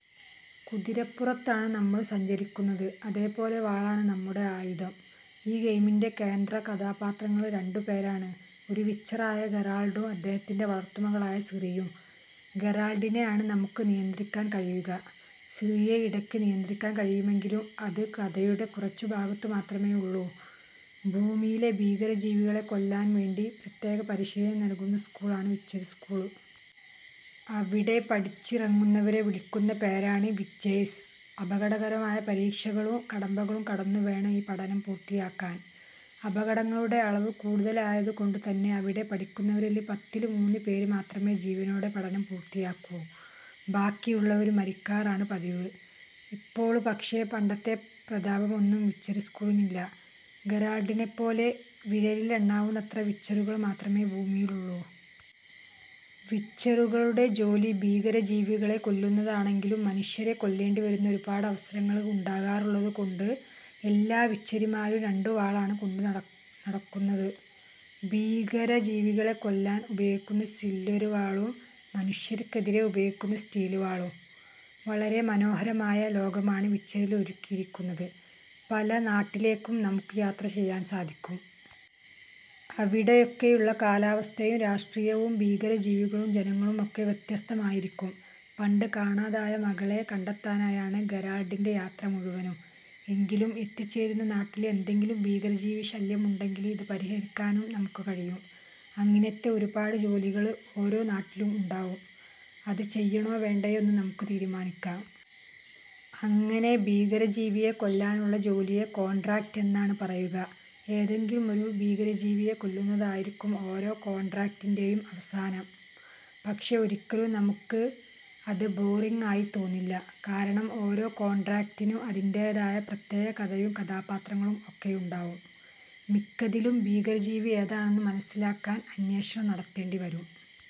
കുതിരപ്പുറത്താണ് നമ്മള് സഞ്ചരിക്കുന്നത്, അതേ പോലെ വാളാണ് നമ്മുടെ ആയുധം. ഈ ഗെയിമിന്റെ കേന്ദ്രകഥാപാത്രങ്ങള് രണ്ടുപേരാണ്ഒരു വിച്ചറായ ഗെറാള്ഡും, അദ്ദേഹത്തിന്റെ വളര്ത്തു മകളായ സിറിയും. ഗെറാള്ഡിനെ ആണ് നമുക്ക് നിയന്ത്രിക്കാന് കഴിയുക, സിറിയെ ഇടക്ക് നിയന്ത്രിക്കാന് കഴിയുമെങ്കിലും അത് കഥയുടെ കുറച്ചു ഭാഗത്തു മാത്രമേ ഉള്ളൂ. ഭൂമിയിലെ ഭീകരജീവികളെ കൊല്ലാന് വേണ്ടി പ്രത്യേക പരിശീലനം നല്കുന്ന സ്കൂള് ആണ് 'വിച്ചര് സ്കൂള്'. അവിടെ പഠിച്ചിറങ്ങുന്നവരെ വിളിക്കുന്ന പേരാണ് 'വിച്ചേഴ്സ്'. അപകടകരമായ പരീക്ഷകളും കടമ്പകളും കടന്നു വേണം ഈ പഠനം പൂര്ത്തിയാക്കാന്. അപകടങ്ങളുടെ അളവ് കൂടുതല് ആയത് കൊണ്ട് തന്നെ അവിടെ പഠിക്കുന്നവരില് പത്തില് മൂന്നു പേര് മാത്രമേ ജീവനോടെ പഠനം പൂര്ത്തിയാക്കൂ. ബാക്കിയുള്ളവര് മരിക്കാറാണ് പതിവ്. ഇപ്പൊള് പക്ഷേ പണ്ടത്തെ പ്രതാപമൊന്നും വിച്ചര് സ്കൂളിനില്ല, ഗെറാള്ഡിനേപ്പോലെ വിരളില് എണ്ണാവുന്നത്ര വിച്ചറുകള് മാത്രമേ ഭൂമിയിലുള്ളു. വിച്ചറുകളുടെ ജോലി ഭീകരജീവികളെ കൊല്ലുന്നത് ആണെങ്കിലും മനുഷ്യരെ കൊല്ലേണ്ടി വരുന്ന ഒരുപാട് അവസരങ്ങള് ഉണ്ടാകാറുള്ളതുകൊണ്ട് എല്ലാ വിച്ചര്മാരും രണ്ടുവാളാണ് കൊണ്ടുനടക്കുന്നത്ഭീകര ജീവികളെ കൊല്ലാന് ഉപയോഗിക്കുന്ന സില്വര് വാളും, മനുഷ്യര്ക്കെതിരെ ഉപയോഗിക്കുന്ന സ്റ്റീല് വാളും. വളരെ മനോഹരമായ ലോകമാണ് വിച്ചറില് ഒരുക്കിയിരിക്കുന്നത്. പല നാട്ടിലേക്കും നമുക്ക് യാത്ര ചെയ്യാന് സാധിക്കും. അവിടെയൊക്കെയുളള കാലാവസ്ഥയും രാഷ്ട്രീയവും ഭീകരജീവികളും ജനങ്ങളുമൊക്കെ വ്യത്യസ്തം ആയിരിക്കും. പണ്ട് കാണാതായ മകളെ കണ്ടെത്താനായാണ് ഗെറാള്ഡിന്റെ യാത്ര മുഴുവനും. എങ്കിലും എത്തിചേരുന്ന നാട്ടില് എന്തെങ്കിലും ഭീകരജീവി ശല്യം ഉണ്ടെങ്കില് അത് പരിഹരിക്കാനും നമുക്ക് കഴിയും. അങ്ങിനത്തെ ഒരുപാട് ജോലികള് ഓരോ നാട്ടിലും ഉണ്ടാവും. അത് ചെയ്യണോ വേണ്ടയോ എന്ന് നമുക്ക് തീരുമാനിക്കാം. അങ്ങനെ ഭീകരജീവിയെ കൊല്ലാനുള്ള ജോലിയെ കോണ്ഡ്രാക്റ്റ് എന്നാണ് പറയുക. ഏതെങ്കിലും ഒരു ഭീകരജീവിയെ കൊല്ലുന്നതായിരിക്കും ഓരോ കോണ്ഡ്രാക്റ്റിന്റേയും അവസാനം. പക്ഷെ ഒരിക്കലും നമുക്ക് അത് ബോറിംഗ് ആയി തോന്നില്ല. കാരണം ഓരോ കോണ്ഡ്രാക്റ്റിനും അതിന്റേതായ പ്രത്യേക കഥയും കഥാപാത്രങ്ങളും ഒക്കെയുണ്ടാവും. മിക്കതിലും ഭീകരജീവി ഏതാണെന്നു മനസിലാക്കാന് അന്വേഷണം നടത്തേണ്ടി വരും.